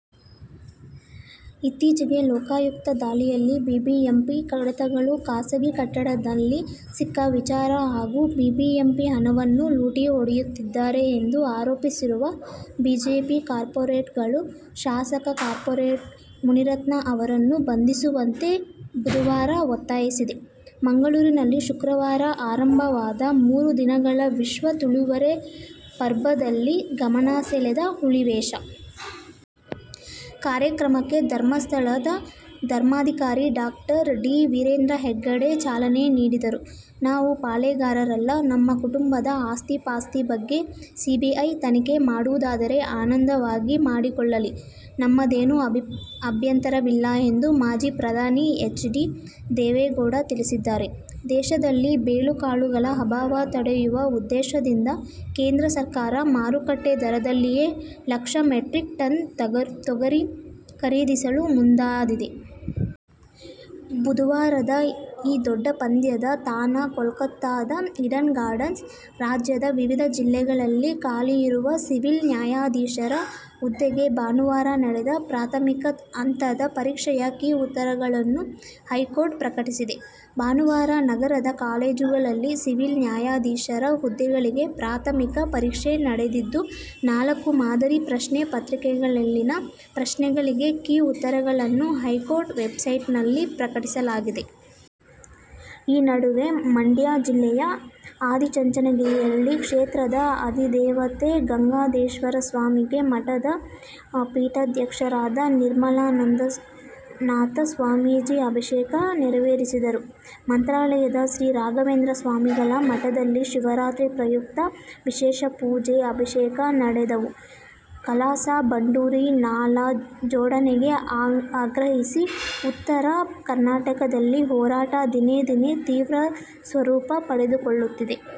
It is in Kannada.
ಇತ್ತೀಚೆಗೆ ಲೋಕಾಯುಕ್ತ ದಾಳಿಯಲ್ಲಿ ಬಿಬಿಎಂಪಿ ಕಡತಗಳು ಖಾಸಗಿ ಕಟ್ಟಡದಲ್ಲಿ ಸಿಕ್ಕ ವಿಚಾರ ಹಾಗೂ ಬಿಬಿಎಂಪಿ ಹಣವನ್ನು ಲೂಟಿ ಹೊಡೆಯುತ್ತಿದ್ದಾರೆ ಎಂದು ಆರೋಪಿಸಿರುವ ಬಿಜೆಪಿ ಕಾರ್ಪೋರೇಟರ್ ಗಳು ಶಾಸಕ, ಕಾರ್ಪೋರೇಟರ್ ಮುನಿರತ್ನ ಅವರನ್ನು ಬಂಧಿಸುವಂತೆ ಬುಧವಾರ ಒತ್ತಾಯಿಸಿದೆ. ಮಂಗಳೂರಿನಲ್ಲಿ ಶುಕ್ರವಾರ ಆರಂಭವಾದ ಮೂರು ದಿನಗಳ ವಿಶ್ವ ತುಳುವೆರೆ ಪರ್ಬದಲ್ಲಿ ಗಮನ ಸೆಳೆದ ಹುಲಿವೇಷ. ಕಾರ್ಯಕ್ರಮಕ್ಕೆ ಧರ್ಮಸ್ಥಳದ ಧರ್ಮಾಧಿಕಾರಿ ಡಾ. ಡಿ. ವೀರೇಂದ್ರ ಹೆಗ್ಗಡೆ ಚಾಲನೆ ನೀಡಿದರು. ನಾವು ಪಾಳೇಗಾರರಲ್ಲ, ನಮ್ಮ ಕುಟುಂಬದ ಆಸ್ತಿ-ಪಾಸ್ತಿ ಬಗ್ಗೆ ಸಿಬಿಐ ತನಿಖೆ ಮಾಡುವುದಾದರೆ ಆನಂದವಾಗಿ ಮಾಡಿಕೊಳ್ಳಲಿ. ನಮ್ಮದೇನೂ ಅಭ್ಯಂತರವಿಲ್ಲ ಎಂದು ಮಾಜಿ ಪ್ರಧಾನಿ ಎಚ್. ಡಿ. ದೇವೇಗೌಡ ತಿಳಿಸಿದ್ದಾರೆ. ದೇಶದಲ್ಲಿ ಬೇಳೆಕಾಳುಗಳ ಅಭಾವ ತಡೆಯುವ ಉದ್ದೇಶದಿಂದ ಕೇಂದ್ರ ಸರ್ಕಾರ ಮಾರುಕಟ್ಟೆ ದರದಲ್ಲಿಯೇ ಲಕ್ಷ ಮೆಟ್ರಿಕ್ ಟನ್ ತೊಗರಿ ಖರೀದಿಸಲು ಮುಂದಾಗಿದೆ. ಬುಧವಾರದ ಈ ದೊಡ್ಡ ಪಂದ್ಯದ ತಾಣ ಕೋಲ್ಕತಾದ "ಈಡನ್ ಗಾರ್ಡನ್ಸ್'. ರಾಜ್ಯದ ವಿವಿಧ ಜಿಲ್ಲೆಗಳಲ್ಲಿ ಖಾಲಿಯಿರುವ ಸಿವಿಲ್ ನ್ಯಾಯಾಧೀಶರ ಹುದ್ದೆಗೆ ಭಾನುವಾರ ನಡೆದ ಪ್ರಾಥಮಿಕ ಹಂತದ ಪರೀಕ್ಷೆಯ ಕೀ ಉತ್ತರಗಳನ್ನು ಹೈಕೋರ್ಟ್ ಪ್ರಕಟಿಸಿದೆ. ಭಾನುವಾರ ನಗರದ ಕಾಲೇಜುಗಳಲ್ಲಿ ಸಿವಿಲ್ ನ್ಯಾಯಾಧೀಶರ ಹುದ್ದೆಗಳಿಗೆ ಪ್ರಾಥಮಿಕ ಪರೀಕ್ಷೆ ನಡೆದಿದ್ದು, ನಾಲ್ಕು ಮಾದರಿ ಪ್ರಶ್ನೆ ಪ್ರತ್ರಿಕೆಗಳಲ್ಲಿನ ಪ್ರಶ್ನೆಗಳಿಗೆ ಕೀ ಉತ್ತರಗಳನ್ನು ಹೈಕೋರ್ಟ್ ವೆಬ್ಸೈಟ್ನಲ್ಲಿ ಪ್ರಕಟಿಸಲಾಗಿದೆ. ಈ ನಡುವೆ, ಮಂಡ್ಯ ಜಿಲ್ಲೆ ಆದಿಚುಂಚನಗಿರಿಯಲ್ಲಿ ಕ್ಷೇತ್ರದ ಅದಿದೇವತೆ ಗಂಗಾಧರೇಶ್ವರಸ್ವಾಮಿಗೆ ಮಠದ ಪೀಠಾಧ್ಯಕ್ಷರಾದ ನಿರ್ಮಲಾನಂದನಾಥಸ್ವಾಮೀಜಿ ಅಭಿಷೇಕ ನೆರವೇರಿಸಿದರು. ಮಂತ್ರಾಲಯದ ಶ್ರೀ ರಾಘವೇಂದ್ರ ಸ್ವಾಮಿಗಳ ಮಠದಲ್ಲಿ ಶಿವರಾತ್ರಿ ಪ್ರಯುಕ್ತ ವಿಶೇಷ ಪೂಜೆ, ಅಭಿಷೇಕ ನಡೆದವು. ಕಳಸಾ- ಬಂಡೂರಿ ನಾಲಾ ಜೋಡಣೆಗೆ ಆಗ್ರಹಿಸಿ ಉತ್ತರ ಕರ್ನಾಟಕದಲ್ಲಿ ಹೋರಾಟ ದಿನೇ ದಿನೇ ತೀವ್ರ ಸ್ವರೂಪ ಪಡೆದುಕೊಳ್ಳುತ್ತಿದೆ.